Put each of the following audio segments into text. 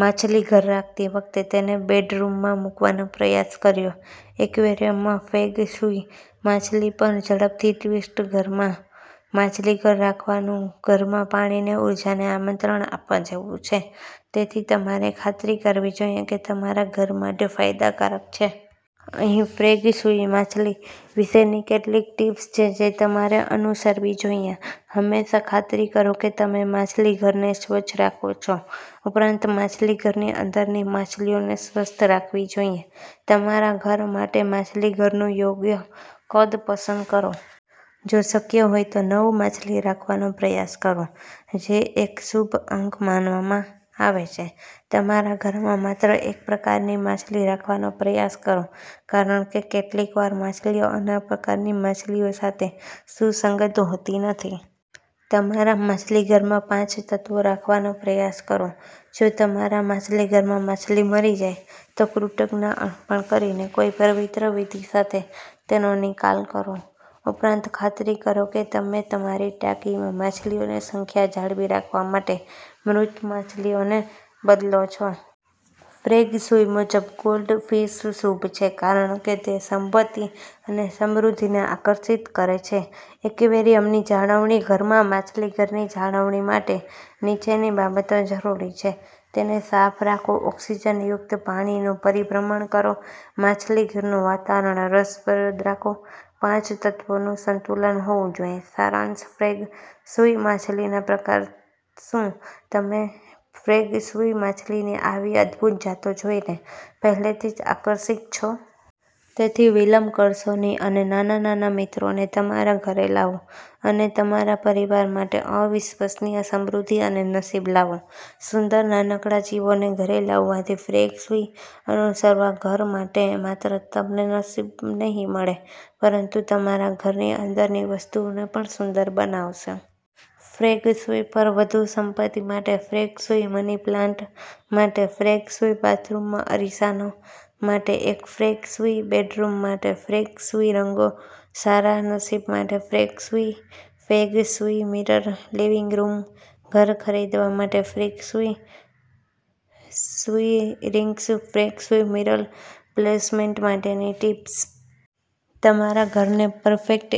માછલીઘર રાખતી વખતે, તેને બેડરૂમમાંમૂકવાનો પ્રયાસ કરો. એક્વેરિયમમાં ફેંગ શુઇ માછલી પર ઝડપી ટિપ્સ ઘરમાં માછલીઘર રાખવુંઘરમાં પાણીની ઊર્જાને આમંત્રણ આપવા જેવું છે. તેથી તમારે ખાતરી કરવી જોઈએ કે તે તમારા ઘર માટે ફાયદાકારક છે. અહીં ફેંગ શુઇ માછલી વિશેની કેટલીક ટીપ્સ છે જે તમારે અનુસરવી જોઈએહંમેશા ખાતરી કરો કે તમે માછલીઘરને સ્વચ્છ રાખો છો. ઉપરાંત, માછલીઘરની અંદરની માછલીઓને સ્વસ્થ રાખવી જોઈએ. તમારા ઘર માટે માછલીઘરનું યોગ્ય કદ પસંદ કરો. જો શક્ય હોય તો, નવ માછલી રાખવાનો પ્રયાસ કરો, જે એક શુભ અંક માનવામાં આવે છે. તમારા માછલીઘરમાં માત્ર એકપ્રકારની માછલી રાખવાનો પ્રયાસ કરો કારણ કે કેટલીકવાર માછલીઓ અન્ય પ્રકારની માછલીઓ સાથે સુસંગત હોતી નથી. તમારા માછલીઘરમાં પાંચ તત્વો રાખવાનો પ્રયાસ કરો. જો તમારા માછલીઘરમાં માછલી મરી જાય, તો કૃતજ્ઞતા અર્પણ કરીને કોઈ પવિત્ર વિધિ સાથે તેનો નિકાલ કરો. ઉપરાંત, ખાતરી કરો કે તમે તમારી ટાંકીમાં માછલીઓની સંખ્યા જાળવી રાખવા માટે મૃત માછલીને બદલો છો. ફેંગ શુઇ મુજબ, ગોલ્ડફિશ શુભ છે કારણ કે તે સંપત્તિ અને સમૃદ્ધિને આકર્ષિત કરે છે. એક્વેરિયમની જાળવણી ઘરમાં માછલીઘરની જાળવણી માટે નીચેની બાબતો જરૂરી છે. તેને સાફ રાખો ઓક્સિજનયુક્ત પાણીનું પરિભ્રમણ કરો માછલીઘરનું વાતાવરણ રસપ્રદ રાખો પાંચ તત્વોનું સંતુલન હોવું જોઈએ સારાંશફેંગ શુઇ માછલીના પ્રકાર શું તમે ફેંગ શુઇ માછલીની આવી અદ્ભુત જાતો જોઈને પહેલેથીઆકર્ષિત છો? તેથી, વિલંબ કરશો નહીં અને નાના નાના મિત્રોને તમારા ઘરે લાવો અને તમારા પરિવાર માટે અવિશ્વસનીય સમૃદ્ધિ અને નસીબ લાવો. સુંદર નાનકડા જીવોને ઘરે લાવવાથી ફેંગશુઈ અનુસાર ઘર માટે માત્ર તમને નસીબનહીં મળે પરંતુ તમારા ઘરની અંદરની વસ્તુઓને પણ સુંદર બનાવશે. ફેંગ શુઇ પર વધુ સંપત્તિ માટે ફેંગ શુઇ મની પ્લાન્ટ માટે ફેંગ શુઇ બાથરૂમમાં અરીસાઓ માટે ફેંગ શુઇ બેડરૂમ માટે ફેંગ શુઇ રંગો સારા નસીબ માટે feng shui feng shui mirror living room ઘર ખરીદવા માટે feng shui feng shui rings feng shui mirror placement માટેની ટીપ્સ. તમારા ઘરને પરફેક્ટ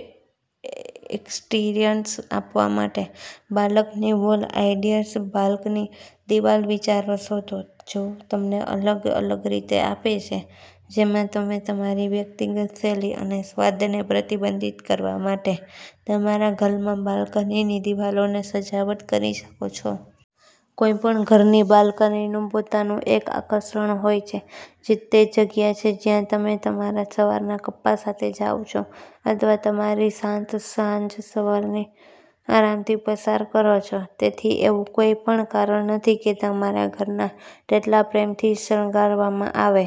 એક્સટીરિયર આપવા માટે બાલ્કની વોલ આઈડિયાઝ બાલ્કની દિવાલના વિચારો શોધો જે તમને અલગ અલગ રીતે આપે છે જેમાં તમે તમારી વ્યક્તિગત શૈલી અને સ્વાદને પ્રતિબિંબિત કરવા માટે તમારા ઘરમાં બાલ્કનીની દિવાલોને સજાવટ કરી શકો છો. કોઈપણ ઘરની બાલ્કનીનું પોતાનું એક આકર્ષણ હોય છે. તે જગ્યા છે જ્યાં તમે તમારા સવારના કપા સાથે જાઓ છો અથવા તમારી શાંત સાંજ આરામથી પસાર કરો છો. તેથી, એવું કોઈ કારણ નથી કે તમારા ઘરનાભાગને તેટલા પ્રેમથી શણગારવામાંઆવે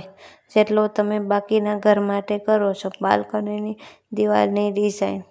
જેટલો તમે બાકીના ઘર માટે કરો છો. બાલ્કનીની દિવાલની ડિઝાઇન